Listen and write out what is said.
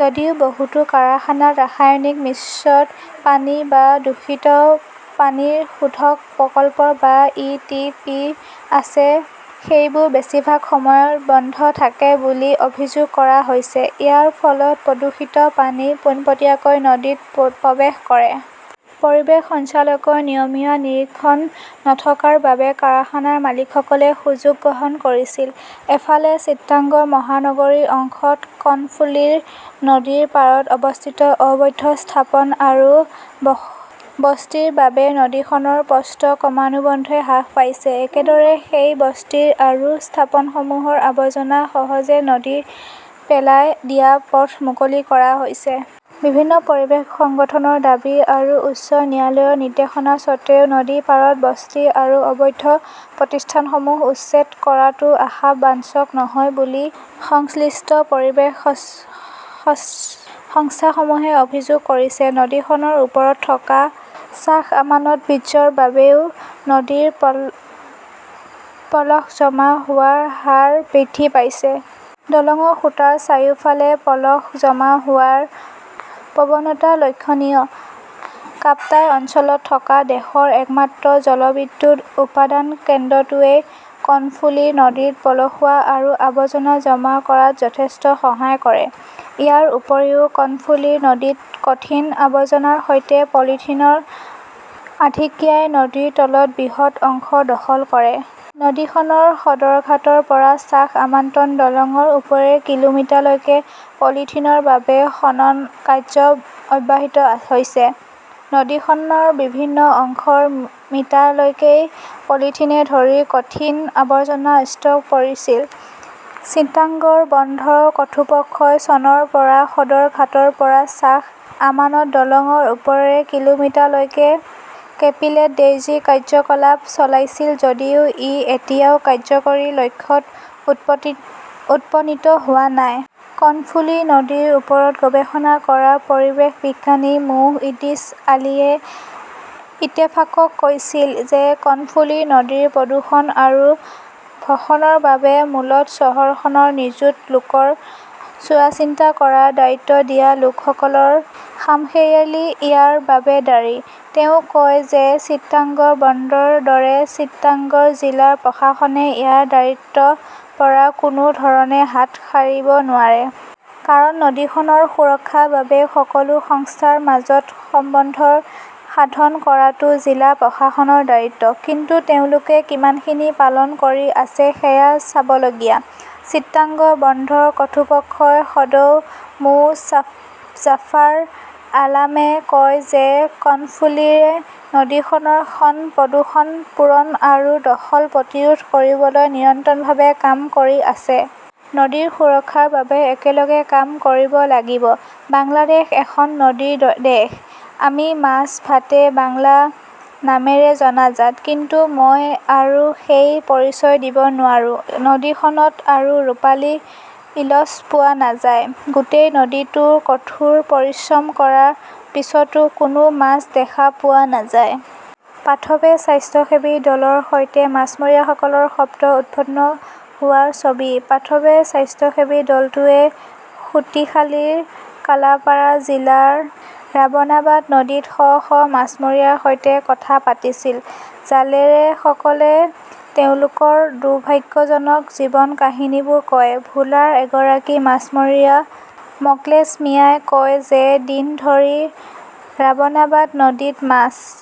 যদিও বহুতো কাৰখানাত ৰাসায়নিক মিশ্ৰিত পানী বা দূষিত পানী শোধন প্ৰকল্প বা ই টি পি আছে, সেইবোৰ বেছিভাগ সময় বন্ধ থাকে বুলি অভিযোগ কৰা হৈছে। ইয়াৰ ফলত প্ৰদূষিত পানী পোনপটীয়াকৈ নদীত প্ৰৱেশ কৰে। পৰিৱেশ সঞ্চালযকৰ নিয়মীয়া নিৰীক্ষণ নথকাৰ বাবে কাৰখানাৰ মালিকসকলে সুযোগ গ্ৰহণ কৰিছিল। ইফালে, চিটাগং মহানগৰীয় অংশত কৰ্ণফুলি নদীৰ পাৰত অৱস্থিত অবৈধ স্থাপন আৰু বস্তিৰ বাবে নদীখনৰ প্ৰস্থ ক্ৰমান্বয়ে হ্ৰাস পাইছে। একেদৰে, সেই বস্তি আৰু স্থাপনসমূহৰ আৱৰ্জনা সহজে নদীত পেলাই দিয়াৰ পথ মুকলি কৰা হৈছে। বিভিন্ন পৰিৱেশ সংগঠনৰ দাবী আৰু উচ্চ ন্যায়ালয়ৰ নিৰ্দেশনাৰ স্বত্বেও নদীৰ পাৰৰ বস্তি আৰু অবৈধ প্ৰতিষ্ঠানসমূহ উচ্ছেদ কৰাটো আশা বাঞ্চক নহয় বুলি সংশ্লিষ্ট পৰিৱেশ সংস্থাসমূহে অভিযোগ কৰিছে। নদীখনৰ ওপৰত থকা শ্বাহ আমানত ব্ৰীজৰ বাবেও নদীত পলস জমা হোৱাৰ হাৰ বৃদ্ধি পাইছে। দলংৰ খুঁটাৰ চাৰিওফালে পলস জমা হোৱাৰ প্ৰৱণতা লক্ষণীয়। কাপ্তাই অঞ্চলত থকা দেশৰ একমাত্ৰ জলবিদ্যুৎ উৎপাদন কেন্দ্ৰটোৱে কৰ্ণফুলী নদীত পলসুৱা আৰু আৱৰ্জনা জমা কৰাত যথেষ্ট সহায় কৰে। ইয়াৰ উপৰিও, কৰ্ণফুলী নদীত কঠিন আৱৰ্জনাৰ সৈতে পলিথিনৰ আধিক্যই নদীৰ তলৰ বৃহৎ অংশ দখল কৰে। নদীখনৰ সদৰঘাটৰ পৰা শ্বাহ আমান্ট দলংৰ ওপৰেৰে কিলোমিটাৰলৈকে পলিথিনৰ বাবে খনন কাৰ্য ব্যাহত হৈছে। নদীখনৰ বিভিন্ন অংশত মিটাৰলৈকে পলিথিনকে ধৰি কঠিন আৱৰ্জনাৰ স্তৰ পৰিছিল। চিটাগং বন্দৰ কৰ্তৃপক্ষই চনৰ পৰা সদৰঘাটৰ পৰা শ্বাহ আমানত দলংৰ ওপৰেৰে কিলোমিটাৰলৈকে কেপিটেল ড্ৰেজিকাৰ্যকলাপ চলাইছিল যদিও ই এতিয়াও কাৰ্যকৰী লক্ষ্যত উপনীত হোৱা নাই। কৰ্ণফুলি নদীৰ ওপৰত গৱেষণা কৰা পৰিৱেশ বিজ্ঞানী মো. ইদ্ৰিছ আলীয়ে ইত্তেফাকক কৈছিল যে কৰ্ণফুলি নদীৰ প্ৰদূষণ আৰু ভৰণৰ বাবে মূলতঃ চহৰখনৰ নিযুত লোকক চোৱাচিতা কৰাৰ দায়িত্ব দিয়া লোকসকলৰ খামখেয়ালী ইয়াৰ বাবে দায়ী। তেওঁ কয় যে চিটাগং বন্দৰৰ দৰে চিটাগং জিলা প্ৰশাসনে ইয়াৰ দায়িত্বৰ পৰা কোনো ধৰণে হাত সাৰিব নোৱাৰে। কাৰণ নদীখনৰ সুৰক্ষাৰ বাবে সকলো সংস্থাৰ মাজত সমন্বয় সাধন কৰাটো জিলা প্ৰশাসনৰ দায়িত্ব। কিন্তু তেওঁলোকে কিমানখিনি পালন কৰি আছে সেয়া চাবলগীয়া। চিটাগং বন্দৰ কৰ্তৃপক্ষৰ সদস্য মো. জাফৰ আলমে কয় যে কৰ্ণফুলীয়ে নদীখনৰ খনন, প্ৰদূষণ, পূৰণ আৰু দখল প্ৰতিৰোধ কৰিবলৈ নিৰন্তৰভাৱে কাম কৰি আছে। নদী সুৰক্ষাৰ বাবে একেলগে কাম কৰিব লাগিব । বাংলাদেশ এখন নদীৰ দেশ। আমি মাছ ভাতে বাংলা নামেৰে জনাজাত। কিন্তু মই আৰু সেই পৰিচয় দিব নোৱাৰো। নদীখনত আৰু ৰূপালী ইলিচ পোৱা নাযায়। গোটেই দিনটো কঠোৰ পৰিশ্ৰম কৰাৰ পিছতো কোনো মাছ দেখা পোৱা নাযায়। পাথৱে স্বেচ্ছাসেৱী দলৰ সৈতে মাছমৰীয়াসকলৰ শব্দত উদ্ভৱ হোৱা ছবি। পাথৱে স্বেচ্ছাসেৱী দলটোৱে পটুখালিৰ কালাপাৰা জিলাৰ ৰাবনাবাদ নদীত শ শ মাছমৰীয়াৰ সৈতে কথা পাতিছিল। জেলেৰসকলে তেওঁলোকক দুৰ্ভাগ্যজনক জীৱনৰ কাহিনীবোৰ কয়। ভোলাৰ এগৰাকী মাছমৰীয়া মকলেস মিয়াই কয় যে দিন ধৰি ৰাবনাবাদ নদীত মাছ